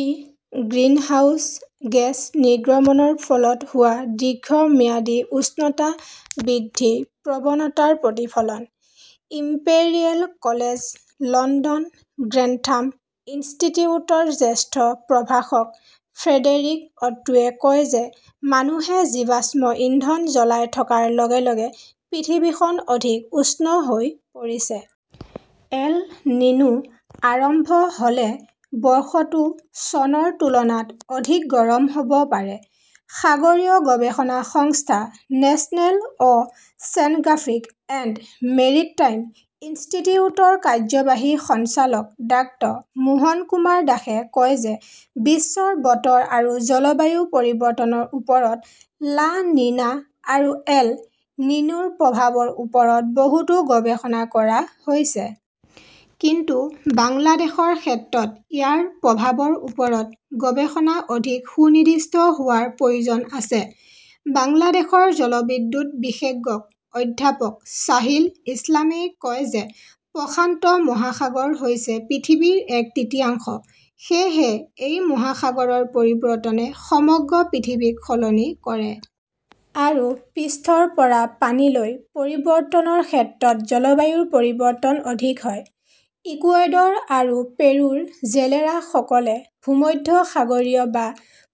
ই greenhouse gas নিৰ্গমনৰ ফলত হোৱা দীৰ্ঘম্যাদী উষ্ণতা বৃদ্ধিৰ প্ৰৱণতাৰ প্ৰতিফলন। ইম্পেৰিয়েল কলেজ লণ্ডনৰ গ্ৰেন্থাম ইনষ্টিটিউটৰ জ্যেষ্ঠ প্ৰভাষক ফ্ৰেডেৰিক অট্টোৱে কয় যে মানুহে জীৱাশ্ম ইন্ধন জ্বলাই থকাৰ লগে লগে পৃথিৱীখন অধিক উষ্ণ হৈ পৰিছে। এল নিনো আৰম্ভ হ "লে বৰ্ষটো চনৰ তুলনাত অধিক গৰম হ" ব পাৰে। সাগৰীয় গৱেষণা সংস্থা National "Oceanographic and Maritime ইনষ্টিটিউটৰ কাৰ্যবাহী সঞ্চালক ডাঃ মোহন কুমাৰ দাসে কয় যে বিশ্বৰ বতৰ আৰু জলবায়ু পৰিৱৰ্তনৰ ওপৰত লা নিনা আৰু এল নিনোৰ প্ৰভাৱৰ ওপৰত বহুতো গৱেষণা কৰা হৈছে। কিন্তু বাংলাদেশৰ ক্ষেত্ৰত ইয়াৰ প্ৰভাৱৰ ওপৰত গৱেষণা অধিক সুনিৰ্দিষ্ট হোৱাৰ প্ৰয়োজন আছে। বাংলাদেশৰ জলবিদ্যুৎ বিশেষজ্ঞ অধ্যাপক ছাহিল ইছলামই কয় যে প্ৰশান্ত মহাসাগৰ হৈছে পৃথিৱীৰ এক তৃতীয়াংশ। সেয়েহে এই মহাসাগৰৰ পৰিৱৰ্তনে সমগ্ৰ পৃথিৱীখনক সলনি কৰে। আৰু পৃষ্ঠৰ পৰা পানীলৈ পৰিৱৰ্তনৰ ক্ষেত্ৰত জলবায়ুৰ পৰিৱৰ্তন অধিক হয়। ইকুৱেডৰ আৰু পেৰুৰ জেলেৰাসকলে ভূমধ্যসাগৰীয় বা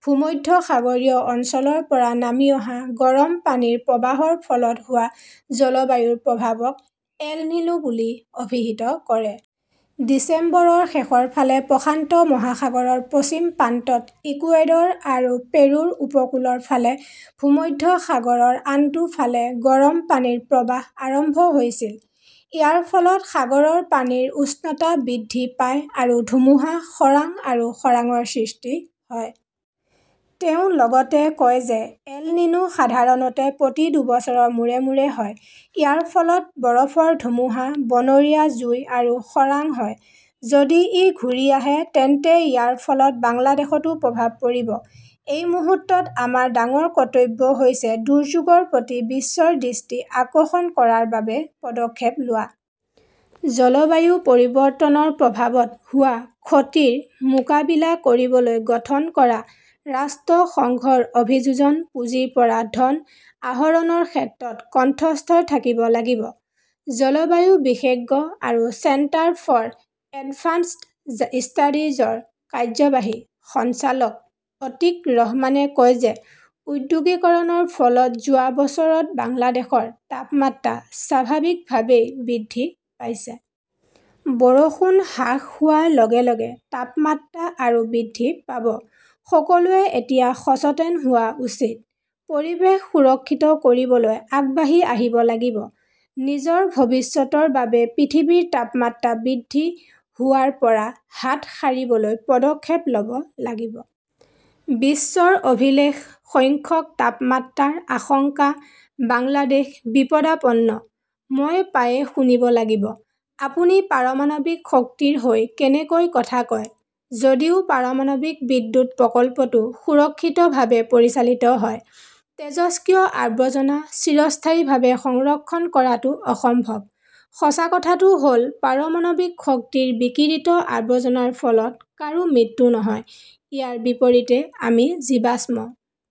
ভূমধ্যসাগৰীয় অঞ্চলৰ পৰা নামি অহা গৰম পানীৰ প্ৰবাহৰ ফলত হোৱা জলবায়ুৰ প্ৰভাৱক 'এল নিনো' বুলি অভিহিত কৰে। ডিচেম্বৰৰ শেষৰ ফালে প্ৰশান্ত মহাসাগৰৰ পশ্চিম প্ৰান্তত ইকুৱেডৰ আৰু পেৰুৰ উপকূলৰ ফালে ভূমধ্যসাগৰৰ আনটো ফালে গৰম পানীৰ প্ৰৱাহ আৰম্ভ হৈছিল। ইয়াৰ ফলত সাগৰৰ পানীৰ উষ্ণতা বৃদ্ধি পায় আৰু ধুমুহা, খৰাং আৰু খৰাংৰ সৃষ্টি হয়। তেওঁ লগতে কয় যে এল নিনো সাধাৰণতে প্ৰতি দুবছৰৰ মূৰে মূৰে হয়। ইয়াৰ ফলত বৰফৰ ধুমুহা, বনৰীয়া জুই আৰু খৰাং হয়। যদি ই ঘূৰি আহে তেন্তে ইয়াৰ ফলত বাংলাদেশতো প্ৰভাৱ পৰিব। এই মুহূৰ্তত আমাৰ ডাঙৰ কৰ্তব্য হৈছে দুৰ্যোগৰ প্ৰতি বিশ্বৰ দৃষ্টি আকৰ্ষণ কৰাৰ বাবে পদক্ষেপ লোৱা। জলবায়ু পৰিৱৰ্তনৰ প্ৰভাৱত হোৱা ক্ষতিৰ মোকাবিলা কৰিবলৈ গঠন কৰা ৰাষ্ট্ৰসংঘৰ অভিযোজন পুঁজিৰ পৰা ধন আহৰণৰ ক্ষেত্ৰত কণ্ঠস্বৰ থাকিব লাগিব। জলবায়ু বিশেষজ্ঞ আৰু চেণ্টাৰ ফৰ এডভান্সড ষ্টাডিজৰ কাৰ্যবাহী সঞ্চালক অতীক ৰহমানে কয় যে ঔদ্যোগিকৰণৰ ফলত যোৱা বছৰত বাংলাদেশৰ তাপমাত্ৰা স্বাভাৱিকভাৱেই বৃদ্ধি পাইছে। বৰষুণ হ্ৰাস হোৱাৰ লগে লগে তাপমাত্ৰা আৰু বৃদ্ধি পাব। সকলোৱে এতিয়া সচেতন হোৱা উচিত। পৰিৱেশ সুৰক্ষিত কৰিবলৈ আগবাঢ়ি আহিব লাগিব। নিজৰ ভৱিষ্যতৰ বাবে পৃথিৱীৰ তাপমাত্ৰা বৃদ্ধি হোৱাৰ পৰা হাত সাৰিবলৈ পদক্ষেপ ল "ব লাগিব। বিশ্বৰ অভিলেখ সংখ্যক তাপমাত্ৰাৰ আশংকা, বাংলাদেশ বিপদাপন্ন মই প্ৰায়ে শুনিব লাগিব, "আপুনি পাৰমাণৱিক শক্তিৰ হৈ কেনেকৈ কথা কয়? যদিও পাৰমাণৱিক বিদ্যুৎ প্ৰকল্পটো সুৰক্ষিতভাৱে পৰিচালিত হয়, তেজস্ক্ৰিয় আৱৰ্জনা চিৰস্থায়ীভাৱে সংৰক্ষণ কৰাটো অসম্ভৱ। "সঁচা কথাটো হ" ল, পাৰমাণৱিক শক্তিৰ বিকিৰিত আৱৰ্জনাৰ ফলত কাৰো মৃত্যু নহয়। ইয়াৰ বিপৰীতে আমি জীৱাশ্ম